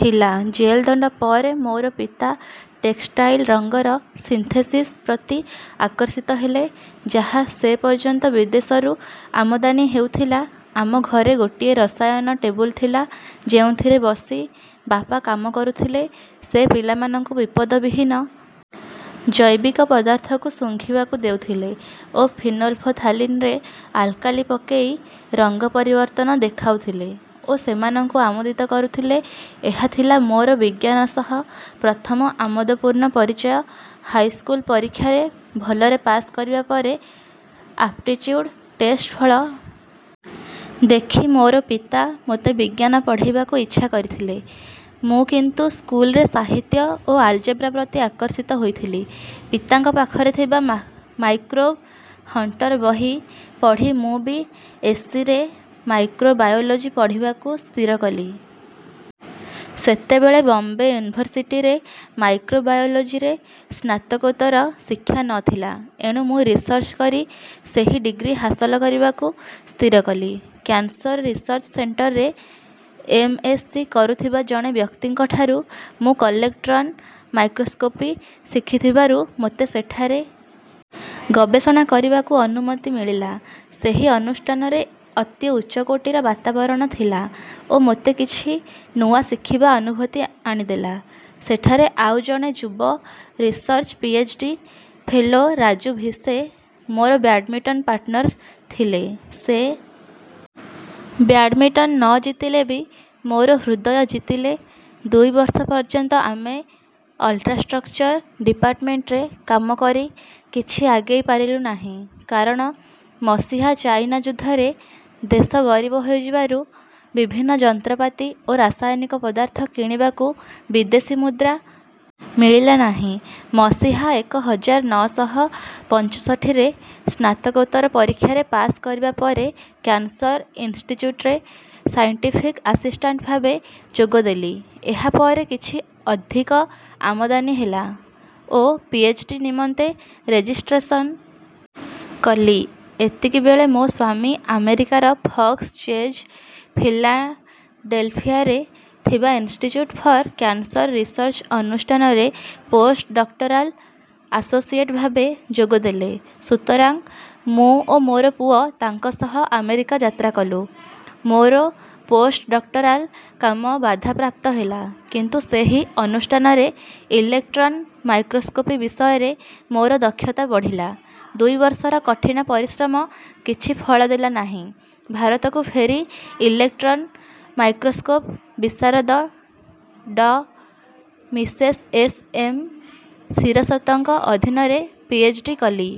ଥିଲା ଜେଲ ଦଣ୍ଡ ପରେ ମୋର ପିତା ଟେକ୍ସଟାଇଲ ରଙ୍ଗର ସିନ୍ଥେସିସ ପ୍ରତି ଆକର୍ଷିତ ହେଲେ ଯାହା ସେ ପର୍ଯ୍ୟନ୍ତ ବିଦେଶରୁ ଆମଦାନୀ ହେଉଥିଲା ଆମ ଘରେ ଗୋଟିଏ ରସାୟନ ଟେବୁଲ ଥିଲା ଯେଉଁଥିରେ ବସି ବାପା କାମ କରୁଥିଲେ ସେ ପିଲାମାନଙ୍କୁ ବିପଦ ବିହୀନ ଜୈବିକ ପଦାର୍ଥକୁ ଶୁଙ୍ଘିବାକୁ ଦେଉଥିଲେ ଓ ପିନୋଲଫଥାଳୀନରେ ଆଲକାଲି ପକେଇ ରଙ୍ଗ ପରିବର୍ତ୍ତନ ଦେଖାଉଥିଲେ ଓ ସେମାନଙ୍କୁ ଆମୋଦିତ କରୁଥିଲେ ଏହା ଥିଲା ମୋର ବିଜ୍ଞାନ ସହ ପ୍ରଥମ ଆମୋଦପୂର୍ଣ୍ଣ ପରିଚୟ ହାଇ ସ୍କୁଲ ପରୀକ୍ଷାରେ ଭଲରେ ପାସ କରିବା ପରେ ଆପଟିଚ୍ୟୁଡ ଟେଷ୍ଟ ଫଳ ଦେଖି ମୋର ପିତା ମୋତେ ବିଜ୍ଞାନ ପଢେଇବାକୁ ଇଚ୍ଛା କରିଥିଲେ ମୁଁ କିନ୍ତୁ ସ୍କୁଲରେ ସାହିତ୍ୟ ଓ ଆଲଜେବ୍ରା ପ୍ରତି ଆକର୍ଷିତ ହୋଇଥିଲି ପିତାଙ୍କ ପାଖରେ ଥିବା ମା ମାଇକ୍ରୋବ ହଣ୍ଟର ବହି ପଢି ମୁଁ ବି ଏସ ସି ରେ ମାଇକ୍ରୋବାୟୋଲୋଜି ପଢିବାକୁ ସ୍ଥିର କଲି ସେତେବେଳେ ବମ୍ବେ ୟୁନିଭରସିଟିରେ ମାଇକ୍ରୋବାୟୋଲୋଜୀରେ ସ୍ନାତକୋତ୍ତର ଶିକ୍ଷା ନ ଥିଲା ଏଣୁ ମୁଁ ରିସର୍ଚ୍ଚ କରି ସେହି ଡିଗ୍ରୀ ହାସଲ କରିବାକୁ ସ୍ଥିର କଲି କ୍ୟାନସର ରିସର୍ଚ୍ଚ ସେଣ୍ଟରରେ ଏମ ଏସ ସି କରୁଥିବା ଜଣେ ବ୍ୟକ୍ତିଙ୍କଠାରୁ ମୁଁ ଇଲେକଟ୍ରନ ମାଇକ୍ରୋସ୍କୋପି ଶିଖିଥିବାରୁ ମୋତେ ସେଠାରେ ଗବେଷଣା କରିବାକୁ ଅନୁମତି ମିଳିଲା ସେହି ଅନୁଷ୍ଠାନରେ ଅତି ଉଚ୍ଚକୋଟୀର ବାତାବରଣ ଥିଲା ଓ ମୋତେ କିଛି ନୂଆ ଶିଖିବା ଅନୁଭୂତି ଆଣିଦେଲା ସେଠାରେ ଆଉ ଜଣେ ଯୁବ research P H D fellow Raju ଭିଷେ ମୋର ବ୍ୟାଡମିଣ୍ଟନ ପାର୍ଟନର ଥିଲେ ସେ ବ୍ୟାଡମିଣ୍ଟନ ନ ଜିତିଳେବି ମୋର ହୃଦୟ ଜିତିଲେ ଦୁଇ ବର୍ଷ ପର୍ଯ୍ୟନ୍ତ ଆମେ ଅଲ୍ଟ୍ରାଷ୍ଟ୍ରକଚର ଡିପାର୍ଟମେଣ୍ଟରେ କାମ କରି କିଛି ଆଗେଇ ପାରିଲୁ ନାହିଁ କାରଣ ମସିହା ଚାଇନା ଯୁଦ୍ଧରେ ଦେଶ ଗରିବ ହୋଇଯିବାରୁ ବିଭିନ୍ନ ଯନ୍ତ୍ରପାତି ଓ ରାସାୟନିକ ପଦାର୍ଥ କିଣିବାକୁ ବିଦେଶୀ ମୁଦ୍ରା ମିଳିଲା ନାହିଁ ମସିହା ଏକ ହଜାର ନଅ ଶହ ପଞ୍ଚଷଠି ରେ ସ୍ନାତକୋତ୍ତର ପରୀକ୍ଷାରେ ପାସ କରିବା ପରେ କ୍ୟାନସର ଇନଷ୍ଟିଚ୍ୟୁଟରେ ସାଇଣ୍ଟିଫିକ ଆସିଷ୍ଟାଣ୍ଟ ଭାବେ ଯୋଗ ଦେଲି ଏହା ପରେ କିଛି ଅଧିକ ଆମଦାନୀ ହେଲା ଓ ପି ଏଚ ଡି ନିମନ୍ତେ ରେଜିଷ୍ଟ୍ରେଶନ କଲି ଏତିକି ବେଳେ ମୋ ସ୍ୱାମୀ ଆମେରିକାର ଫକ୍ସ ଚେଜ ଫିଲାଡେଲଫିଆରେ ଥିବା ଇନଷ୍ଟିଚ୍ୟୁଟ ଫର କ୍ୟାନସର ରିସର୍ଚ୍ଚ ଅନୁଷ୍ଠାନରେ ପୋସ୍ଟଡକ୍ଟରାଲ ଆସୋସିଏଟ ଭାବେ ଯୋଗ ଦେଲେ ସୁତରାଂ ମୁଁ ଓ ମୋର ପୁଅ ତାଙ୍କ ସହ ଆମେରିକା ଯାତ୍ରା କଲୁ ମୋର ପୋସ୍ଟଡକ୍ଟରାଲ କାମ ବାଧା ପ୍ରାପ୍ତ ହେଲା କିନ୍ତୁ ସେହି ଅନୁଷ୍ଠାନରେ ଇଲେକଟ୍ରନ ମାଇକ୍ରୋସ୍କୋପି ବିଷୟରେ ମୋର ଦକ୍ଷତା ବଢିଲା ଦୁଇ ବର୍ଷର କଠିନ ପରିଶ୍ରମ କିଛି ଫଳ ଦେଲା ନାହିଁ ଭାରତକୁ ଫେରି ଇଲେକଟ୍ରନ ମାଇକ୍ରୋସ୍କୋପ ବିଶାରଦ ଡ ମିସେସ ଏସ ଏମ ଶିରସତଙ୍କ ଅଧୀନରେ ପି ଏଚ ଡି କଲି।